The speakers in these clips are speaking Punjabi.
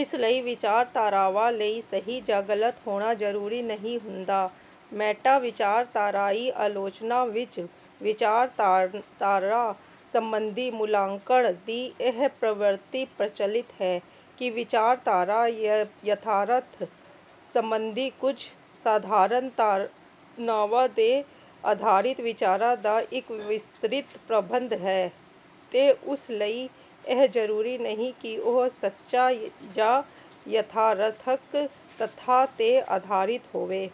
ਇਸ ਲਈ ਵਿਚਾਰਧਾਰਾਵਾਂ ਲਈ ਸਹੀ ਜਾਂ ਗ਼ਲਤ ਹੋਣਾ ਜ਼ਰੂਰੀ ਨਹੀਂ ਹੁੰਦਾ। ਮੈਟਾ-ਵਿਚਾਰਧਾਰਾਈ ਆਲੋਚਨਾ ਵਿੱਚ ਵਿਚਾਰਧਾਰਾ ਸੰਬੰਧੀ ਮੁਲਾਂਕਣ ਦੀ ਇਹ ਪ੍ਰਵਿਰਤੀ ਪ੍ਰਚਲਿਤ ਹੈ ਕਿ 'ਵਿਚਾਰਧਾਰਾ ਯਥਾਰਥ ਸੰਬੰਧੀ ਕੁੱਝ ਸਾਧਾਰਨ ਧਾਰਨਾਵਾਂ 'ਤੇ ਆਧਾਰਿਤ ਵਿਚਾਰਾਂ ਦਾ ਇੱਕ ਵਿਸਤ੍ਰਿਤ ਪ੍ਰਬੰਧ ਹੈ, ਤੇ ਉਸ ਲਈ ਇਹ ਜ਼ਰੂਰੀ ਨਹੀਂ ਕਿ ਉਹ ਸੱਚ ਜਾਂ ਯਥਾਰਥਕ ਤੱਥਾਂ 'ਤੇ ਆਧਾਰਿਤ ਹੋਵੇ।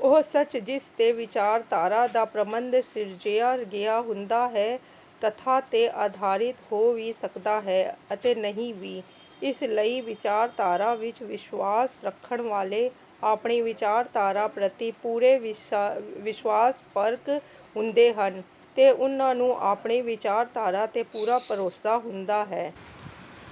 ਉਹ ਸੱਚ ਜਿਸ 'ਤੇ ਵਿਚਾਰਧਾਰਾ ਦਾ ਪ੍ਰਬੰਧ ਸਿਰਜਿਆ ਗਿਆ ਹੁੰਦਾ ਹੈ, ਤੱਥਾਂ 'ਤੇ ਆਧਾਰਿਤ ਹੋ ਵੀ ਸਕਦਾ ਹੈ ਅਤੇ ਨਹੀਂ ਵੀ।' ਇਸ ਲਈ ਵਿਚਾਰਧਾਰਾ ਵਿੱਚ ਵਿਸ਼ਵਾਸ ਰੱਖਣ ਵਾਲੇ ਆਪਣੀ ਵਿਚਾਰਧਾਰਾ ਪ੍ਰਤੀ ਪੂਰੇ ਵਿਸ਼ਵਾਸਪਰਕ ਹੁੰਦੇ ਹਨ, ਤੇ ਉਨ੍ਹਾਂ ਨੂੰ ਆਪਣੀ ਵਿਚਾਰਧਾਰਾ 'ਤੇ ਪੂਰਾ ਭਰੋਸਾ ਹੁੰਦਾ ਹੈ।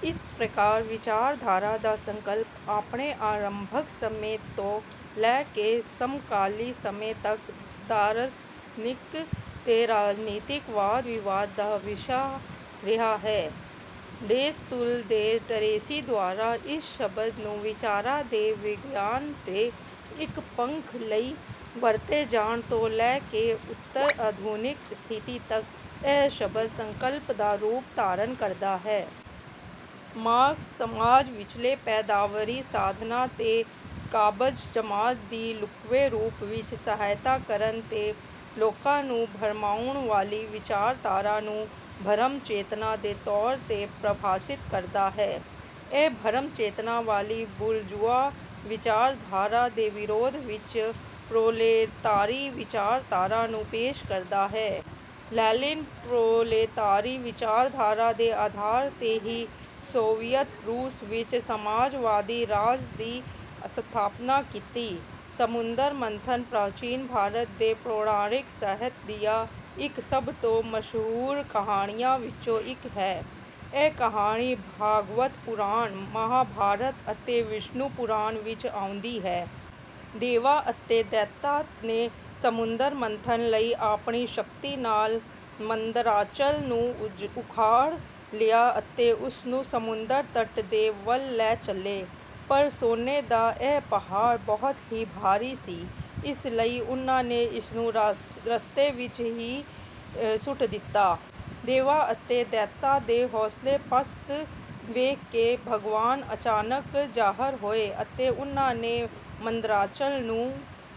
ਇਸ ਪ੍ਰਕਾਰ ਵਿਚਾਰਧਾਰਾ ਦਾ ਸੰਕਲਪ ਆਪਣੇ ਆਰੰਭਕ ਸਮੇਂ ਤੋਂ ਲੈ ਕੇ ਸਮਕਾਲੀ ਸਮੇਂ ਤੱਕ ਦਾਰਸ਼ਨਿਕ ਤੇ ਰਾਜਨੀਤਿਕ ਵਾਦ-ਵਿਵਾਦ ਦਾ ਵਿਸ਼ਾ ਰਿਹਾ ਹੈ। ਡੇਸਤੁਤ ਦੇ ਟਰੇਸੀ ਦੁਆਰਾ ਇਸ ਸ਼ਬਦ ਨੂੰ ਵਿਚਾਰਾਂ ਦੇ ਵਿਗਿਆਨ ਦੇ ਇੱਕ ਪੱਖ ਲਈ ਵਰਤੇ ਜਾਣ ਤੋਂ ਲੈ ਕੇ ਉੱਤਰ-ਆਧੁਨਿਕ ਸਥਿਤੀ ਤੱਕ ਇਹ ਸ਼ਬਦ ਸੰਕਲਪ ਦਾ ਰੂਪ ਧਾਰਨ ਕਰਦਾ ਹੈ। ਮਾਰਕਸ ਸਮਾਜ ਵਿਚਲੇ ਪੈਦਾਵਾਰੀ ਸਾਧਨਾਂ 'ਤੇ ਕਾਬਜ਼ ਜਮਾਤ ਦੀ ਲੁਕਵੇਂ ਰੂਪ ਵਿੱਚ ਸਹਾਇਤਾ ਕਰਨ ਤੇ ਲੋਕਾਂ ਨੂੰ ਭਰਮਾਉਣ ਵਾਲੀ ਵਿਚਾਰਧਾਰਾ ਨੂੰ ਭਰਮ-ਚੇਤਨਾ ਦੇ ਤੌਰ 'ਤੇ ਪ੍ਰਭਾਸ਼ਿਤ ਕਰਦਾ ਹੈ। ਇਸ ਭਰਮ-ਚੇਤਨਾ ਵਾਲੀ ਬੁਰਜ਼ੂਆ ਵਿਚਾਰਧਾਰਾ ਦੇ ਵਿਰੋਧ ਵਿੱਚ ਪ੍ਰੋਲੇਤਾਰੀ ਵਿਚਾਰਧਾਰਾ ਨੂੰ ਪੇਸ਼ ਕਰਦਾ ਹੈ। ਲੈਨਿਨ ਪ੍ਰੋਲੇਤਾਰੀ ਵਿਚਾਰਧਾਰਾ ਦੇ ਆਧਾਰ 'ਤੇ ਹੀ ਸੋਵੀਅਤ ਰੂਸ ਵਿੱਚ ਸਮਾਜਵਾਦੀ ਰਾਜ ਦੀ ਸਥਾਪਨਾ ਕੀਤੀ। ਸਮੁੰਦਰ ਮੰਥਨ ਪ੍ਰਾਚੀਨ ਭਾਰਤ ਦੇ ਪੌਰਾਣਿਕ ਸਾਹਿਤ ਦੀਆਂ ਇੱਕ ਸਭ ਤੋਂ ਮਸ਼ਹੂਰ ਕਹਾਣੀਆਂ ਵਿੱਚੋਂ ਇੱਕ ਹੈ। ਇਹ ਕਹਾਣੀ ਭਾਗਵਤ ਪੁਰਾਣ, ਮਹਾਭਾਰਤ, ਅਤੇ ਵਿਸ਼ਨੂ ਪੁਰਾਣ ਵਿੱਚ ਆਉਂਦੀ ਹੈ। ਦੇਵਾਂ ਅਤੇ ਦੈਤਾਂ ਨੇ ਸਮੁੰਦਰ ਮੰਥਨ ਲਈ ਆਪਣੀ ਸ਼ਕਤੀ ਨਾਲ ਮੰਦਰਾਚਲ ਨੂੰ ਉਖਾੜ ਲਿਆ ਅਤੇ ਉਸਨੂੰ ਸਮੁੰਦਰ ਤਟ ਦੇ ਵੱਲ ਲੈ ਚਲੇ। ਪਰ ਸੋਨੇ ਦਾ ਇਹ ਪਹਾੜ ਬਹੁਤ ਹੀ ਭਾਰੀ ਸੀ, ਇਸ ਲਈ ਉਨ੍ਹਾਂ ਨੇ ਇਸਨੂੰ ਰਸਤੇ ਵਿੱਚ ਹੀ ਸੁੱਟ ਦਿੱਤਾ। ਦੇਵਾਂ ਅਤੇ ਦੈਤਾਂ ਦੇ ਹੌਸਲੇ ਪਸਤ ਵੇਖ ਕੇ ਭਗਵਾਨ ਅਚਾਨਕ ਜ਼ਾਹਰ ਹੋਏ ਅਤੇ ਉਨ੍ਹਾਂ ਨੇ ਮੰਦਰਾਚਲ ਨੂੰ